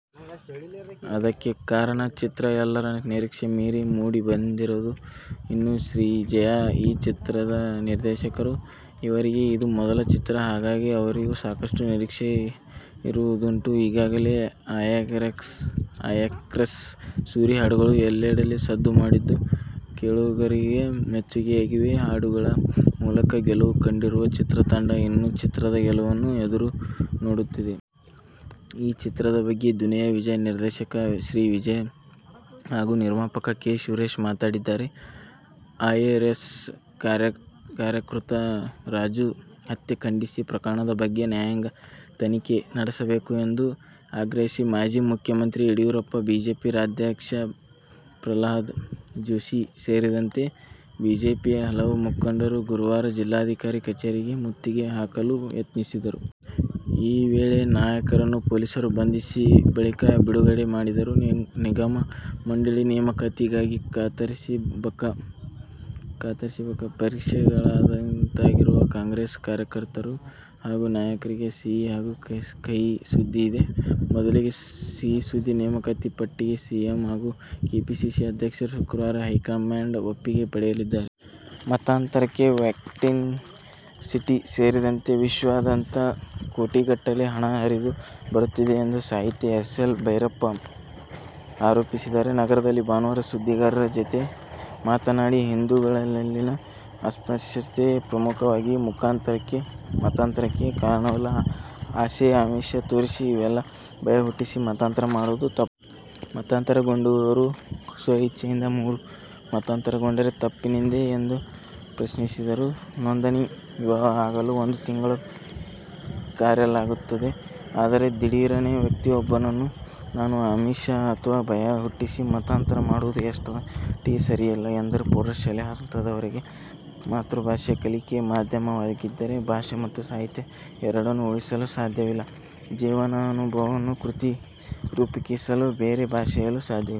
ಅದಕ್ಕೆ ಕಾರಣ, ಚಿತ್ರ ಎಲ್ಲರ ನಿರೀಕ್ಷೆ ಮೀರಿ ಮೂಡಿ ಬಂದಿರೋದು. ಇನ್ನು, ಶ್ರೀಜಯ್ ಈ ಚಿತ್ರದ ನಿರ್ದೇಶಕರು. ಇವರಿಗೆ ಇದು ಮೊದಲ ಚಿತ್ರ. ಹಾಗಾಗಿ ಅವರಿಗೂ ಸಾಕಷ್ಟು ನಿರೀಕ್ಷೆ ಇರುವುದುಂಟು. ಈಗಾಗಲೇ "ಆರ್ಎಕ್ಸ್ ಸೂರಿ' ಹಾಡುಗಳು ಎಲ್ಲೆಡೆ ಸದ್ದು ಮಾಡಿದ್ದು, ಕೇಳುಗರಿಗೆ ಮೆಚ್ಚುಗೆಯಾಗಿವೆ. ಹಾಡುಗಳ ಮೂಲಕ ಗೆಲುವು ಕಂಡಿರುವ ಚಿತ್ರತಂಡ, ಇನ್ನು, ಚಿತ್ರದ ಗೆಲುವನ್ನು ಎದುರು ನೋಡುತ್ತಿದೆ. ಈ ಚಿತ್ರದ ಬಗ್ಗೆ ದುನಿಯಾ ವಿಜಯ್, ನಿರ್ದೇಶಕ ಶ್ರೀಜಯ್ ಹಾಗು ನಿರ್ಮಾಪಕ ಕೆ. ಸುರೇಶ್ ಮಾತಾಡಿದ್ದಾರೆ. ಆರ್ಎಸ್ಎಸ್ ಕಾರ್ಯಕರ್ತ ರಾಜು ಹತ್ಯೆ ಖಂಡಿಸಿ, ಪ್ರಕರಣದ ಬಗ್ಗೆ ನ್ಯಾಯಾಂಗ ತನಿಖೆ ನಡೆಸಬೇಕು ಎಂದು ಆಗ್ರಹಿಸಿ ಮಾಜಿ ಮುಖ್ಯಮಂತ್ರಿ ಯಡಿಯೂರಪ್ಪ, ಬಿಜೆಪಿ ರಾಜ್ಯಾಧ್ಯಕ್ಷ ಪ್ರಹ್ಲಾದ ಜೋಶಿ ಸೇರಿದಂತೆ ಬಿಜೆಪಿಯ ಹಲವು ಮುಖಂಡರು ಗುರುವಾರ ಜಿಲ್ಲಾಧಿಕಾರಿ ಕಚೇರಿಗೆ ಮುತ್ತಿಗೆ ಹಾಕಲು ಯತ್ನಿಸಿದರು. ಈ ವೇಳೆ ನಾಯಕರನ್ನು ಪೊಲೀಸರು ಬಂಧಿಸಿ, ಬಳಿಕ ಬಿಡುಗಡೆ ಮಾಡಿದರು. ನಿಗಮ-ಮಂಡಳಿ ನೇಮಕಾತಿ ಗಾಗಿ ಕಾತರಿಸಿ ಬಕ ಪಕ್ಷಿಗಳಂತಾಗಿರುವ ಕಾಂಗ್ರೆಸ್ ಕಾರ್ಯಕರ್ತರು ಹಾಗೂ ನಾಯಕರಿಗೆ ಸಿಹಿ ಹಾಗೂ ಕಹಿ ಸುದ್ದಿಯಿದೆ. ಮೊದಲಿಗೆ ಸಿಹಿ ಸುದ್ದಿ- ನೇಮಕಾತಿ ಪಟ್ಟಿಗೆ ಸಿಎಂ ಹಾಗೂ ಕೆಪಿಸಿಸಿ ಅಧ್ಯಕ್ಷರು ಶುಕ್ರವಾರ ಹೈಕಮಾಂಡ್ನ ಒಪ್ಪಿಗೆ ಪಡೆಯಲಿದ್ದಾರೆ. ಮತಾಂತರಕ್ಕೆ ವ್ಯಾಟಿಕನ್ ಸಿಟಿ ಸೇರಿದಂತೆ ವಿಶ್ವಾದ್ಯಂತ ಕೋಟಿಗಟ್ಟಲೆ ಹಣ ಹರಿದು ಬರುತ್ತಿದೆ ಎಂದು ಸಾಹಿತಿ ಎಸ್. ಎಲ್. ಭೈರಪ್ಪ ಆರೋಪಿಸಿದ್ದಾರೆ. ನಗರದಲ್ಲಿ ಭಾನುವಾರ ಸುದ್ದಿಗಾರರ ಜತೆ ಮಾತನಾಡಿ, ಹಿಂದೂಗಳಲ್ಲಿನ ಅಸ್ಪೃಶ್ಯತೆ ಪ್ರಮುಖವಾಗಿ ಮತಾಂತರಕ್ಕೆ ಕಾರಣವಲ್ಲ. ಆಸೆ ಆಮಿಷ ತೋರಿಸಿ, ಇಲ್ಲವೇ ಭಯ ಹುಟ್ಟಿಸಿ ಮತಾಂತರ ಮಾಡುವುದು ತಪ್ಪು. ಮತಾಂತರಗೊಂಡವರು ಸ್ವಇಚ್ಚೆಯಿಂದ ಮರು ಮತಾಂತರಗೊಂಡರೆ ತಪ್ಪೇನಿದೆ ಎಂದು ಪ್ರಶ್ನಿಸಿದರು. ನೋಂದಣಿ ವಿವಾಹ ಆಗಲು ಒಂದು ತಿಂಗಳು ಕಾಯಲಾಗುತ್ತದೆ. ಆದರೆ, ದಿಢೀರನೇ ವ್ಯಕ್ತಿಯೊಬ್ಬನನ್ನು ನಾನಾ ಆಮಿಷ ಅಥವಾ ಭಯ ಹುಟ್ಟಿಸಿ ಮತಾಂತರ ಮಾಡುವುದು ಎಷ್ಟರ ಮಟ್ಟಿಗೆ ಸರಿಯಲ್ಲ ಎಂದರು. ಪ್ರೌಢಶಾಲೆ ಹಂತದವರೆಗೆ ಮಾತೃಭಾಷೆ ಕಲಿಕೆ ಮಾಧ್ಯಮವಾಗದಿದ್ದರೆ ಭಾಷೆ ಮತ್ತು ಸಾಹಿತ್ಯ ಎರಡನ್ನು ಉಳಿಸಲು ಸಾಧ್ಯವಿಲ್ಲ, ಜೀವನಾನುಭವವನ್ನು ಕೃತಿ ರೂಪಕ್ಕಿಳಿಸಲು ಬೇರೆ ಭಾಷೆಯಲ್ಲೂ ಸಾಧ್ಯವಿಲ್ಲ.